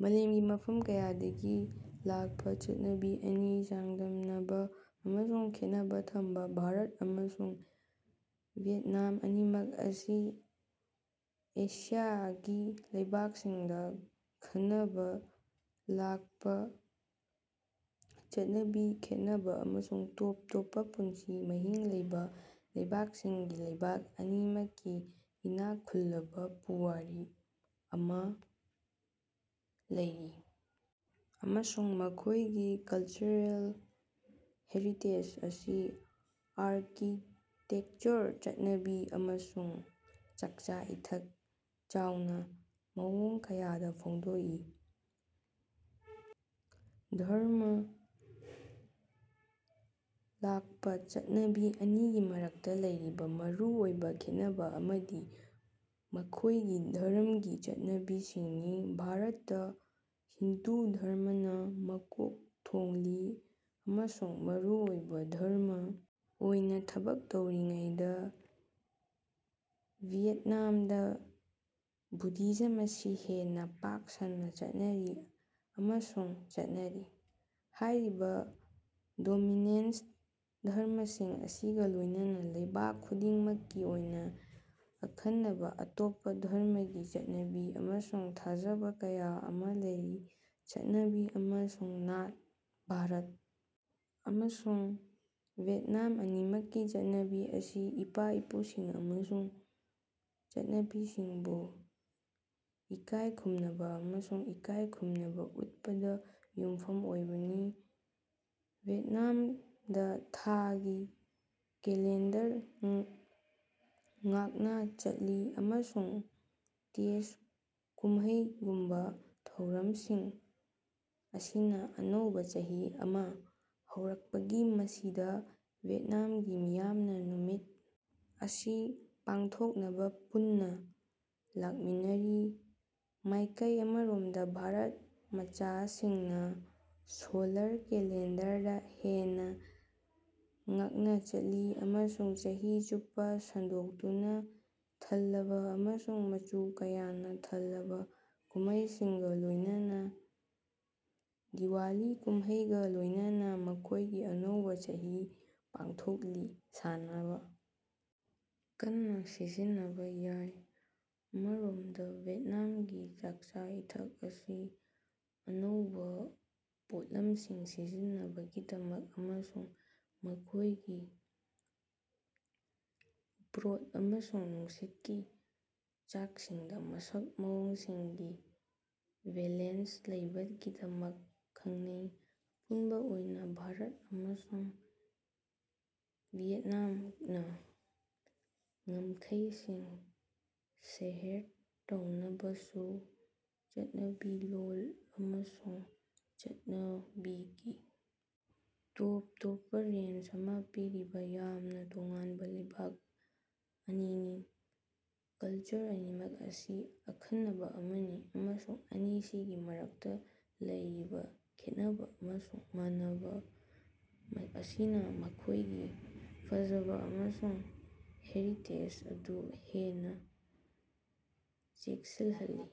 ꯃꯥꯂꯦꯃꯒꯤ ꯃꯐꯝ ꯀꯌꯥꯗꯒꯤ ꯂꯥꯀꯄꯥꯪꯆꯠꯅꯕꯤ ꯑꯅꯤ ꯆꯥꯡꯗꯝꯅꯕꯥ ꯑꯃꯁꯨꯡ ꯈꯦꯠꯅꯕꯥ ꯊꯝꯕꯥ: ꯚꯥꯔꯠ ꯑꯃꯁꯨꯡ ꯚꯤꯌꯦꯠꯅꯥꯝ ꯑꯅꯤꯃꯛ ꯑꯁꯤ ꯑꯦꯁꯤꯌꯥꯒꯤ ꯂꯩꯕꯥꯛꯁꯤꯡꯗꯥ ꯑꯈꯟꯅꯕꯥ ꯂꯥꯀꯄꯥꯪꯆꯠꯅꯕꯤꯒꯤ ꯈꯦꯠꯅꯕꯥ ꯑꯃꯁꯨꯡ ꯇꯣꯞ ꯇꯣꯞꯄꯥ ꯄꯨꯟꯁꯤ ꯃꯍꯤꯡ ꯂꯩꯕꯥ ꯂꯩꯕꯥꯛꯁꯤꯡꯅꯤ꯫ ꯂꯩꯕꯥꯛ ꯑꯅꯤꯃꯛꯀꯤ ꯏꯅꯥꯛ ꯈꯨꯜꯂꯕꯥ ꯄꯨꯋꯥꯔꯤ ꯑꯃꯥ ꯂꯩꯔꯤ ꯑꯃꯁꯨꯡ ꯃꯈꯣꯏꯒꯤ ꯀꯜꯆꯔꯦꯜ ꯍꯦꯔꯤꯇꯦꯖ ꯑꯁꯤ ꯑꯥꯔꯀꯤꯇꯦꯀꯆꯔ, ꯆꯠꯅꯕꯤ, ꯑꯃꯁꯨꯡ ꯆꯥꯀꯆꯥ-ꯏꯊꯛ ꯌꯥꯎꯅꯥ ꯃꯑꯣꯡ ꯀꯌꯥꯗꯥ ꯐꯣꯡꯗꯣꯛꯏ꯫ ꯙꯔꯝꯃ: ꯂꯥꯀꯄꯥꯪꯆꯠꯅꯕꯤ ꯑꯅꯤꯒꯤ ꯃꯔꯛꯇꯥ ꯂꯩꯔꯤꯕꯥ ꯃꯔꯨ ꯑꯣꯏꯕꯥ ꯈꯦꯠꯅꯕꯥ ꯑꯃꯗꯤ ꯃꯈꯣꯌꯒꯤ ꯙꯔꯝꯃꯒꯤ ꯆꯠꯅꯕꯤꯁꯤꯡꯅꯤ꯫ ꯚꯥꯔꯠꯇꯥ ꯍꯤꯟꯗꯨ ꯙꯔꯝꯃꯅꯥ ꯃꯀꯣꯛ ꯊꯣꯡꯂꯤ ꯑꯃꯁꯨꯡ ꯃꯔꯨꯑꯣꯏꯕꯥ ꯙꯔꯝꯃ ꯑꯣꯏꯅꯥ ꯊꯕꯛ ꯇꯧꯔꯤꯉꯩꯗꯥ, ꯚꯤꯌꯦꯠꯅꯥꯝꯗꯥ ꯕꯨꯙꯤꯖꯝ ꯑꯁꯤ ꯍꯦꯟꯅꯥ ꯄꯥꯛ ꯁꯟꯅꯥ ꯆꯠꯅꯔꯤ ꯑꯃꯁꯨꯡ ꯆꯠꯅꯔꯤ꯫ ꯍꯥꯌꯔꯤꯕꯥ ꯗꯣꯃꯤꯅꯦꯟꯇ ꯙꯔꯝꯃꯁꯤꯡ ꯑꯁꯤꯒꯥ ꯂꯣꯌꯅꯅꯥ ꯂꯩꯕꯥꯛ ꯈꯨꯗꯤꯡꯃꯛꯀꯤ ꯑꯣꯏꯅꯥ ꯑꯈꯟꯅꯕꯥ ꯑꯇꯣꯞꯄꯥ ꯙꯔꯝꯃꯒꯤ ꯆꯠꯅꯕꯤ ꯑꯃꯁꯨꯡ ꯊꯥꯖꯕꯥ ꯀꯌꯥ ꯑꯃꯥ ꯂꯩꯔꯤ꯫ ꯆꯠꯅꯕꯤ ꯑꯃꯁꯨꯡ ꯅꯥꯠ: ꯚꯥꯔꯠ ꯑꯃꯁꯨꯡ ꯚꯤꯌꯦꯠꯅꯥꯝ ꯑꯅꯤꯃꯛꯀꯤ ꯆꯠꯅꯕꯤ ꯑꯁꯤ ꯏꯄꯥ-ꯏꯄꯨꯁꯤꯡ ꯑꯃꯁꯨꯡ ꯆꯠꯅꯕꯤꯁꯤꯡꯕꯨ ꯏꯀꯥꯌ ꯈꯨꯝꯅꯕꯥ ꯑꯃꯁꯨꯡ ꯏꯀꯥꯌꯈꯨꯝꯅꯕꯥ ꯎꯠꯄꯗꯥ ꯌꯨꯝꯐꯝ ꯑꯣꯏꯕꯅꯤ꯫ ꯚꯤꯌꯦꯠꯅꯥꯃꯗꯥ ꯊꯥꯒꯤ ꯀꯦꯂꯦꯟꯗꯔ ꯉꯥꯛꯅꯥ ꯆꯠꯂꯤ ꯑꯃꯁꯨꯡ ꯇꯦꯠ ꯀꯨꯝꯃꯩꯒꯨꯝꯕꯥ ꯊꯧꯔꯃꯁꯤꯡ ꯑꯁꯤꯅꯥ ꯑꯅꯧꯕꯥ ꯆꯍꯤ ꯑꯃꯥ ꯍꯧꯔꯛꯄꯅꯤ, ꯃꯁꯤꯗꯥ ꯚꯤꯌꯦꯠꯅꯥꯃꯒꯤ ꯃꯤꯌꯥꯝꯅꯥ ꯅꯨꯃꯤꯠ ꯑꯁꯤ ꯄꯥꯡꯊꯣꯛꯅꯕꯥ ꯄꯨꯟꯅꯥ ꯂꯥꯀꯃꯤꯟꯅꯔꯤ꯫ ꯃꯥꯌꯀꯩ ꯑꯃꯔꯣꯃꯗꯥ ꯚꯥꯔꯠ ꯃꯆꯥ ꯁꯤꯡꯅꯥ ꯁꯣꯂꯥꯔ ꯀꯦꯂꯦꯟꯗꯔꯗꯥ ꯍꯦꯟꯅꯥ ꯉꯥꯛꯅꯥ ꯆꯠꯂꯤ ꯑꯃꯁꯨꯡ ꯆꯍꯤ ꯆꯨꯞꯄꯥ ꯁꯟꯗꯣꯛꯇꯨꯅꯥ ꯊꯜꯂꯕꯥ ꯑꯃꯁꯨꯡ ꯃꯆꯨ ꯀꯌꯥꯅꯥ ꯊꯜꯂꯕꯥ ꯀꯨꯝꯃꯩꯁꯤꯡꯒꯥ ꯂꯣꯌꯅꯅꯥ ꯗꯤꯋꯥꯂꯤ ꯀꯨꯝꯃꯩꯒꯥ ꯂꯣꯌꯅꯅꯥ ꯃꯈꯣꯌꯒꯤ ꯑꯅꯧꯕꯥ ꯆꯍꯤ ꯄꯥꯡꯊꯣꯛꯂꯤ꯫ ꯆꯥꯅꯕꯥ ꯀꯟꯅꯥ ꯁꯤꯖꯤꯟꯅꯕꯥ ꯌꯥꯎꯏ꯫ ꯑꯃꯔꯣꯃꯗꯥ ꯚꯤꯌꯦꯠꯅꯥꯃꯒꯤ ꯆꯥꯀꯆꯥ-ꯏꯊꯛ ꯑꯁꯤ ꯑꯅꯧꯕꯥ ꯄꯣꯠꯂꯝꯁꯤꯡ ꯁꯤꯖꯤꯟꯅꯕꯒꯤꯗꯃꯛ ꯑꯃꯁꯨꯡ ꯃꯈꯣꯌꯒꯤ ꯕ꯭ꯔꯣꯊ ꯑꯃꯁꯨꯡ ꯅꯨꯡꯁꯤꯠꯀꯤ ꯆꯥꯛꯁꯤꯡꯗꯥ ꯃꯁꯛ ꯃꯑꯣꯡꯁꯤꯡꯒꯤ ꯕꯦꯂꯦꯟꯁ ꯂꯩꯕꯒꯤꯗꯃꯛ ꯈꯉꯅꯩ꯫ ꯑꯄꯨꯟꯕꯥ ꯑꯣꯏꯅꯥ ꯚꯥꯔꯠ ꯑꯃꯁꯨꯡ ꯚꯤꯌꯦꯠꯅꯥꯝꯅꯥ ꯉꯝꯈꯩꯁꯤꯡ ꯁꯦꯌꯔ ꯇꯧꯅꯔꯕꯁꯨ, ꯆꯠꯅꯕꯤ, ꯂꯣꯜ ꯑꯃꯁꯨꯡ ꯆꯠꯅꯕꯤꯒꯤ ꯇꯣꯞ ꯇꯣꯞꯄꯥ ꯔꯦꯟꯖ ꯑꯃꯥ ꯄꯤꯔꯤꯕꯥ ꯌꯥꯝꯅꯥ ꯇꯣꯉꯥꯟꯕꯥ ꯂꯩꯕꯥꯛ ꯑꯅꯤꯅꯤ꯫ ꯀꯂꯆꯔ ꯑꯅꯤꯃꯛ ꯑꯁꯤ ꯑꯈꯟꯅꯕꯥ ꯑꯃꯅꯤ, ꯑꯃꯁꯨꯡ ꯑꯅꯤꯁꯤꯒꯤ ꯃꯔꯛꯇꯥ ꯂꯩꯔꯤꯕꯥ ꯈꯦꯠꯅꯕꯥ ꯑꯃꯁꯨꯡ ꯃꯥꯟꯅꯕꯥ ꯑꯁꯤꯅꯥ ꯃꯈꯣꯌꯒꯤ ꯐꯖꯕꯥ ꯑꯃꯁꯨꯡ ꯍꯦꯔꯤꯇꯦꯖ ꯑꯗꯨ ꯍꯦꯟꯅꯥ ꯆꯦꯠꯁꯤꯂꯍꯜꯂꯤ꯫